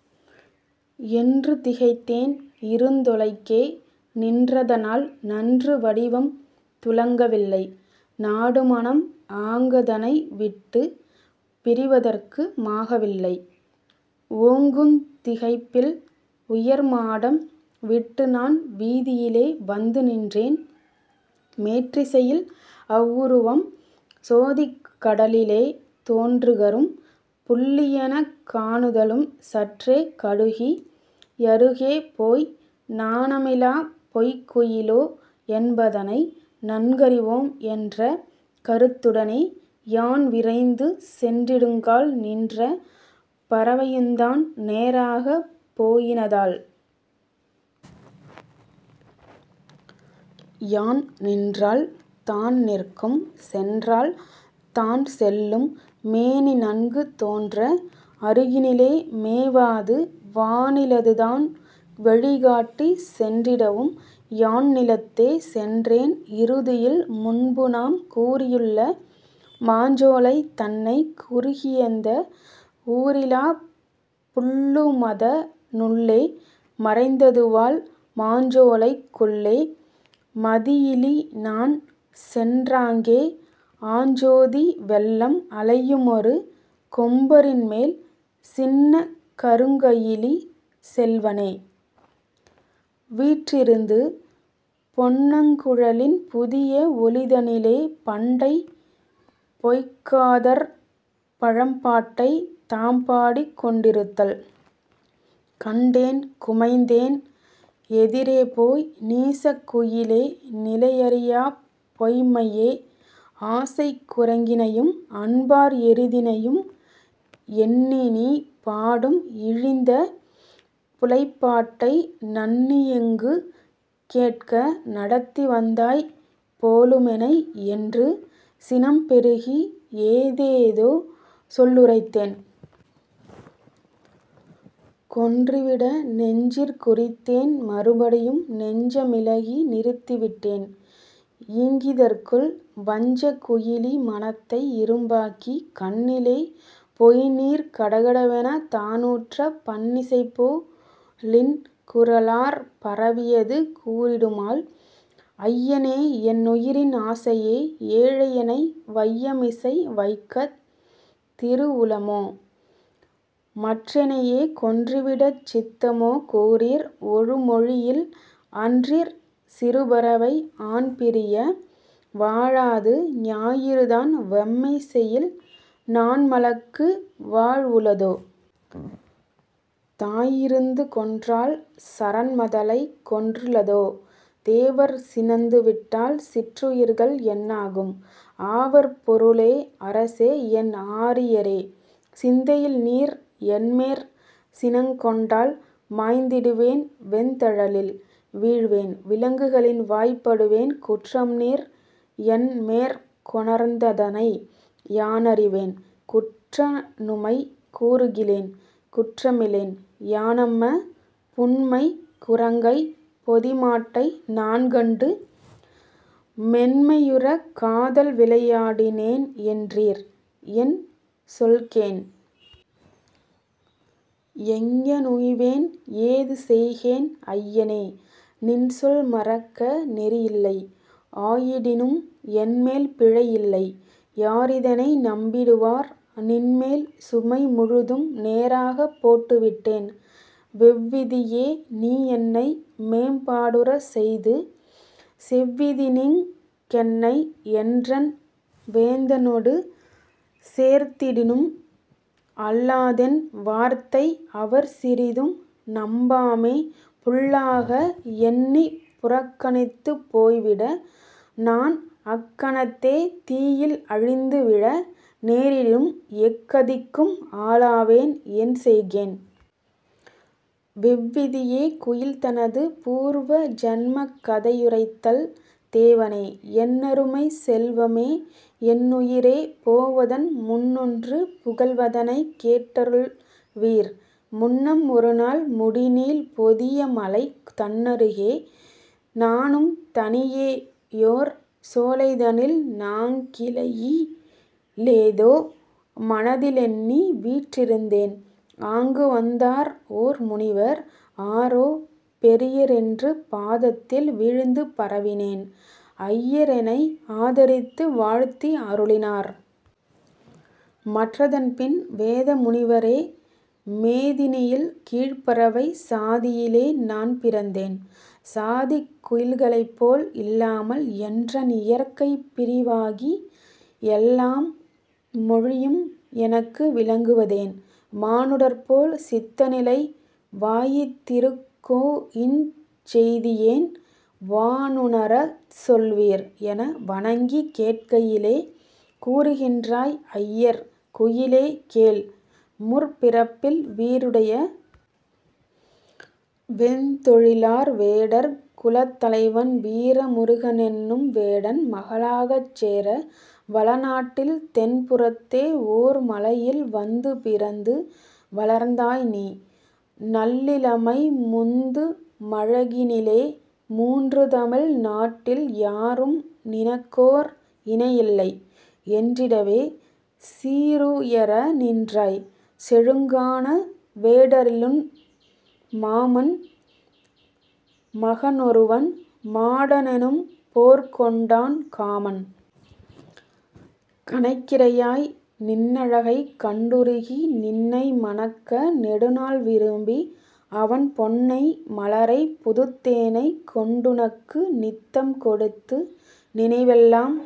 ' என்று திகைத்தேன்; 'இருந்தொலைக்கே நின்றதனால் நன்று வடிவம் துலங்கவில்லை; நாடுமனம் ஆங்கதனை விட்டுப் பிரிவதற்கு மாக வில்லை. ஓங்குந் திகைப்பில் உயர்மாடம் விட்டுநான் வீதியிலே வந்துநின்றேன். மேற்றிசையில் அவ்வுருவம் சோதிக் கடலிலே தோன்றுகரும் புள்ளியெனக் காணுதலும், சற்றே கடுகி யருகே போய், 'நாணமிலாப் பொய்க்குயிலோ', என்பதனை நன்கறிவோம் என்ற கருத்துடனே யான்விரைந்து சென்றிடுங்கால், நின்ற பறவையுந்தான் நேராகப் போயினதால். யான் நின்றால் தான்நிற்கும் சென்றால் தான்செல்லும்; மேனிநன்கு தோன்ற அருகினிலே மேவாது வானி லதுதான் வழிகாட்டிச் சென்றிடவும் யான்நிலத்தே சென்றேன் இறுதியில் முன்புநாம் கூறியுள்ள மாஞ்சோலை தன்னைக் குறுகியந்த ஊரிலாப் புள்ளுமத னுள்ளே மறைந்ததுவால், மாஞ்சோலைக் குள்ளே மதியிலிநான் சென்றாங்கே ஆஞ்சோதி வெள்ளம் அலையுமொரு கொம்பரின்மேல் சின்னக் கருங்கயிலி செவ்வனே வீற்றிருந்து, பொன்னங்குழலின் புதிய ஒளிதனிலே பண்டைப் பொய்க்காதற் பழம்பாட்டைத் தாம்பாடிக் கொண்டிருத்தல் கண்டேன், குமைந்தேன்; எதிரேபோய், '' நீசக் குயிலே, நிலையறியாப் பொய்ம்மையே, ஆசைக் குரங்கினையும் அன்பார் எருதினையும் எண்ணிநீ பாடும் இழிந்த புலைப்பாட்டை நண்ணியிங்கு கேட்க நடத்திவந்தாய் போலுமெனை'' என்று சினம்பெருகி ஏதேதோ சொல்லுரைத்தேன். கொன்றுவிட நெஞ்சிற் குறித்தேன்; மறுபடியும் நெஞ்ச மிளகி நிறுத்திவிட்டேன். ஈங்கிதற்குள், வஞ்சக் குயிலி மனத்தை இரும்பாக்கிக் கண்ணிலே பொய்ந்நீர் கடகடவெனத் தானூற்றப் பண்ணிசைபோ லின்குரலாற் பரவியது கூறிடுமால்; 'ஐயனே, என்னுயிரின் ஆசையே! ஏழையெனை வையமிசை வைக்கத் திருவுளமோ? மற்றெனையே கொன்றுவிடச் சித்தமோ? கூறீர், ஒருமொழியில்! அன்றிற் சிறுபறவை ஆண்பிரிய வாழாது, ஞாயிறுதான் வெம்மைசெயில், நாண்மலக்கு வாழ்வுளதோ? தாயிருந்து கொன்றால் சரண்மதலைக் கொன்றுளதோ? தேவர் சினந்துவிட்டால், சிற்றுயிர்கள் என்னாகும்? ஆவற் பொருளே! அரசே! என் ஆரியரே! சிந்தையில் நீர் என்மேற் சினங்கொண்டால் மாய்ந்திடுவேன் வெந்தழலில் வீழ்வேன், விலங்குகளின் வாய்ப்படுவேன். குற்றம்நீர் என்மேற்கொணர்ந்ததனை யானறிவேன். குற்றநுமைக் கூறுகிலேன்; குற்றமிலேன் யானம்ம! புன்மைக் குரங்கைப் பொதிமாட்டை நான்கண்டு மென்மையுறக் காதல் விளையாடி னேன்என்றீர்; என்சொல்கேன்! எங்ஙனுய்வேன்! ஏதுசெய்கேன், ஐயனே! நின்சொல் மறக்க நெறியில்லை; ஆயிடினும் என்மேல் பிழையில்லை; யாரிதனை நம்பிடுவார்? நின்மேல் சுமைமுழுதும் நேராகப் போட்டுவிட்டேன். வெவ்விதியே! நீ என்னை மேம்பாடுறச் செய்து செவ்விதினிங் கென்னை என்றன் வேந்தனொடு சேர்த்திடினும் அல்லாதென் வார்த்தை அவர்சிறிதும் நம்பாமே புல்லாக எண்ணிப் புறக்கணித்துப் போய்விட, நான் அக்கணத்தே தீயில் அழிந்துவிழ நேரிடினும், எக்கதிக்கும் ஆளாவேன்; என்செய்கேன்? வெவ்விதியே!. குயில் தனது பூர்வ ஜன்மக் கதையுரைத்தல் ''தேவனே! என்னருமைச் செல்வமே? என்னுயிரே! போவதன் முன்னொன்று புகல்வதனைக் கேட்டருள் வீர்! முன்னம்ஒருநாள் முடிநீள் பொதியமலை தன்னருகே நானும் தனியேயோர் சோலைதனில் தாங்கிளையி லேதோ மனதிலெண்ணி வீற்றிருந்தேன். ஆங்குவந்தார் ஓர் முனிவர். ஆரோ பெரியரென்று பாதத்தில் வீழ்ந்து பரவினேன்; ஐயரெனை ஆதரித்து வாழ்த்தி அருளினார். மற்றதன்பின், 'வேத முனிவரே, மேதினியில் கீழ்ப்பறவைக் சாதியிலே நான் பிறந்தேன், சாதிக் குயில்களைப்போல் இல்லாமல், என்றன் இயற்கை பிரிவாகி, எல்லாம் மொழியும் எனக்கு விளங்குவதேன்? மானுடர்போல் சித்தநிலை வாயித்திருக்குஞ் செய்தியேன்? யானுணரச் சொல்வீர்' என வணங்கிக் கேட்கையிலே, கூறுகின்றாய் ஐயர்: 'குயிலே! கேள், முற்பிறப்பில் வீறுடைய வெந்தொழிலார் வேடர் குலத்தலைவன் வீர முருகனென்னும் வேடன் மகளாகச் சேர வளநாட்டில் தென்புறத்தே ஓர்மலையில் வந்து பிறந்து வள்ர்ந்தாய் நீ, நல்லிளமை முந்து மழகினிலே மூன்றுதமிழ் நாட்டில் யாரும் நினக்கோர் இணையில்லை என்றிடவே சீருயர நின்றாய்; செழுங்கான வேடரிலுன் மாமன் மகனொருவன் மாடனெனும் பேர்கொண்டான், காமன் கணைக்கிரையாய், நின்னழகைக் கண்டுருகி, நின்னை மணக்க நெடுநாள் விரும்பி, அவன் பொன்னை மலரைப் புதுத்தேனைக் கொண்டுனக்கு நித்தம் கொடுத்து நினைவெல்லாம்